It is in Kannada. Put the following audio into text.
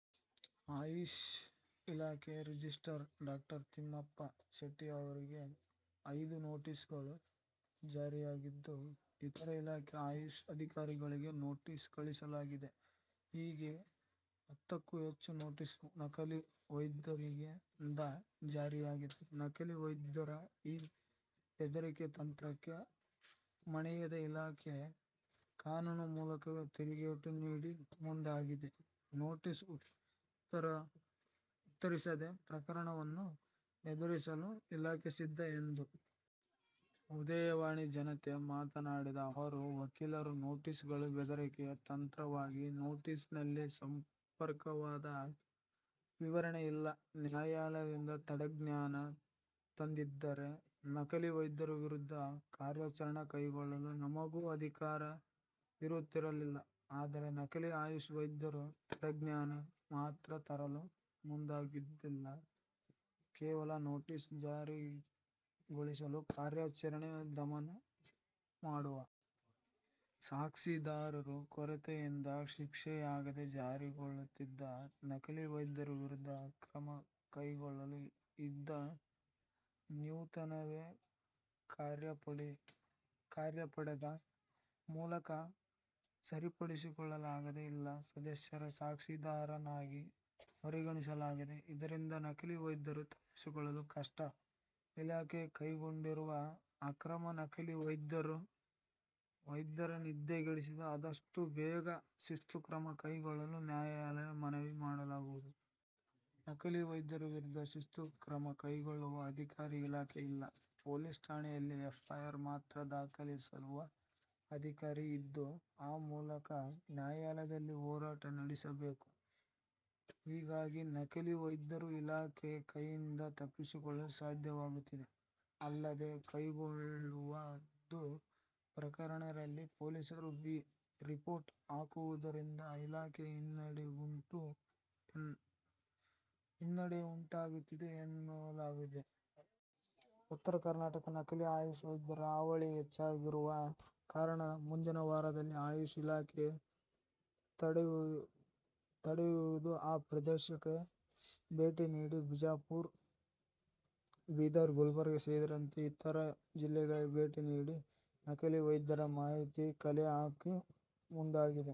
ಆಯುಷ್ ಇಲಾಖೆ ರಿಜಿಸ್ಟ್ರಾರ್ ಡಾ. ತಿಮ್ಮಪ್ಪ ಶೆಟ್ಟಿಗಾರ್ ಅವರಿಗೆ ಐದು ನೋಟಿಸ್ಗಳು ಜಾರಿಯಾಗಿದ್ದು, ಇತರೆ ಜಿಲ್ಲೆಯ ಆಯುಷ್ ಅಧಿಕಾರಿಗಳಿಗೂ ನೋಟಿಸ್ ಕಳುಹಿಸಲಾಗಿದೆ. ಹೀಗೆ ಹತ್ತಕ್ಕೂ ಹೆಚ್ಚು ನೋಟಿಸ್ಗಳು ನಕಲಿ ವೈದ್ಯರಿಂದ ಜಾರಿಯಾಗಿವೆ. ನಕಲಿ ವೈದ್ಯರ ಈ ಬೆದರಿಕೆ ತಂತ್ರಕ್ಕೆ ಮಣಿಯದ ಇಲಾಖೆ ಕಾನೂನು ಮೂಲಕವೇ ತಿರುಗೇಟು ನೀಡಲು ಮುಂದಾಗಿದ್ದು, ನೋಟಿಸ್ಗೆ ಉತ್ತರಿಸದೆ ಪ್ರಕರಣಗಳನ್ನು ಎದುರಿಸಲು ಇಲಾಖೆ ಸಿದ್ಧ ಎಂದು ರಿಜಿಸ್ಟ್ರಾರ್ ಡಾಕ್ಟರ್ ತಿಮ್ಮಪ್ಪ ಶೆಟ್ಟಿಗಾರ್ ಹೇಳುತ್ತಾರೆ. ಉದಯವಾಣಿ ಜತೆ ಮಾತನಾಡಿದ ಅವರು, ವಕೀಲರ ನೋಟಿಸ್ಗಳು ಬೆದರಿಕೆ ತಂತ್ರವಾಗಿದೆ. ನೋಟಿಸ್ನಲ್ಲಿ ಸಮರ್ಪಕವಾದ ವಿವರಣೆ ಇಲ್ಲ. ನ್ಯಾಯಾಲಯದಿಂದ ತಡೆಯಾಜ್ಞೆ ತಂದಿದ್ದರೆ ನಕಲಿ ವೈದ್ಯರ ವಿರುದ್ಧ ಕಾರ್ಯಾಚರಣೆ ಕೈಗೊಳ್ಳಲು ನಮಗೂ ಅಧಿಕಾರ ಇರುತ್ತಿರಲಿಲ್ಲ. ಆದರೆ, ನಕಲಿ ಆಯುಷ್ ವೈದ್ಯರು ತಡೆಯಾಜ್ಞೆ ಮಾತ್ರ ತರಲು ಮುಂದಾಗುತ್ತಿಲ್ಲ. ಕೇವಲ ನೋಟಿಸ್ ಜಾರಿಗೊಳಿಸಿ ಕಾರ್ಯಾಚರಣೆಯನ್ನು ದಮನ ಮಾಡುವ ಯತ್ನ ಮಾಡುತ್ತಿದ್ದಾರೆ ಎಂದರು. ಸಾಕ್ಷ್ಯಾಧಾರಗಳ ಕೊರತೆಯಿಂದ ಶಿಕ್ಷೆಯಾಗದೆ ಜಾರಿಕೊಳ್ಳುತ್ತಿದ್ದ ನಕಲಿ ವೈದ್ಯರ ವಿರುದ್ಧ ಕ್ರಮ ಕೈಗೊಳ್ಳಲು ಇದ್ದ ನ್ಯೂನತೆಯನ್ನು ಕಾರ್ಯಪಡೆ ಮೂಲಕ ಸರಿಪಡಿಸಿಕೊಳ್ಳಲಾಗಿದೆ. ಇಲ್ಲಿನ ಸದಸ್ಯರನ್ನು ಸಾಕ್ಷಿದಾರರನ್ನಾಗಿ ಪರಿಗಣಿಸಲಾಗುತ್ತಿದೆ. ಇದರಿಂದ ನಕಲಿ ವೈದ್ಯರು ತಪ್ಪಿಸಿಕೊಳ್ಳಲು ಕಷ್ಟ. ಇಲಾಖೆ ಕೈಗೊಂಡಿರುವ ಕ್ರಮ ನಕಲಿ ವೈದ್ಯರ ನಿದ್ದೆಗೆಡಿಸಿದ್ದು, ಅದಷ್ಟು ಬೇಗ ಶಿಸ್ತು ಕ್ರಮ ಕೈಗೊಳ್ಳಲು ನ್ಯಾಯಾಲಯಕ್ಕೆ ಮನವಿ ಮಾಡಲಾಗುವುದು ಎಂದು ಹೇಳಿದ್ದಾರೆ. ನಕಲಿ ವೈದ್ಯರ ವಿರುದ್ಧ ಶಿಸ್ತು ಕ್ರಮ ಕೈಗೊಳ್ಳುವ ಅಧಿಕಾರ ಇಲಾಖೆಗೆ ಇಲ್ಲ. ಪೊಲೀಸ್ ಠಾಣೆಯಲ್ಲಿ ಎಫ್ಐಆರ್ ಮಾತ್ರ ದಾಖಲಿಸುವ ಅಧಿಕಾರಿ ಇದ್ದು, ಆ ಮೂಲಕ ನ್ಯಾಯಾಲಯದಲ್ಲಿ ಹೋರಾಟ ನಡೆಸಬೇಕು. ಹೀಗಾಗಿ ನಕಲಿ ವೈದ್ಯರು ಇಲಾಖೆಯ ಕೈಯಿಂದ ತಪ್ಪಿಸಿಕೊಳ್ಳಲು ಸಾಧ್ಯವಾಗುತ್ತಿದೆ. ಅಲ್ಲದೆ, ಕೆಲವೊಂದು ಪ್ರಕರಣಗಳಲ್ಲಿ ಪೊಲೀಸರು ಬಿ ರಿಪೋರ್ಟ್ ಹಾಕುವುದರಿಂದ ಇಲಾಖೆಗೆ ಹಿನ್ನೆಡೆಯುಂಟಾಗುತ್ತಿದೆ ಎನ್ನಲಾಗಿದೆ. ಉತ್ತರ ಕರ್ನಾಟಕದಲ್ಲಿ ನಕಲಿ ಆಯುಷ್ ವೈದ್ಯರ ಹಾವಳಿ ಹೆಚ್ಚಾಗಿರುವ ಕಾರಣ ಮುಂದಿನ ವಾರದಲ್ಲಿ ಆಯುಷ್ ಇಲಾಖೆ ತಂಡವೊಂದು ಆ ಪ್ರದೇಶಕ್ಕೆ ಭೇಟಿ ನೀಡುತ್ತಿದೆ. ಬಿಜಾಪುರ, ಬೀದರ್, ಗುಲ್ಬರ್ಗ ಸೇರಿದಂತೆ ಇತರೆ ಜಿಲ್ಲೆಗಳಿಗೆ ಭೇಟಿ ನೀಡಿ ನಕಲಿ ವೈದ್ಯರ ಮಾಹಿತಿ ಕಲೆ ಹಾಕಲು ಮುಂದಾಗಿದೆ.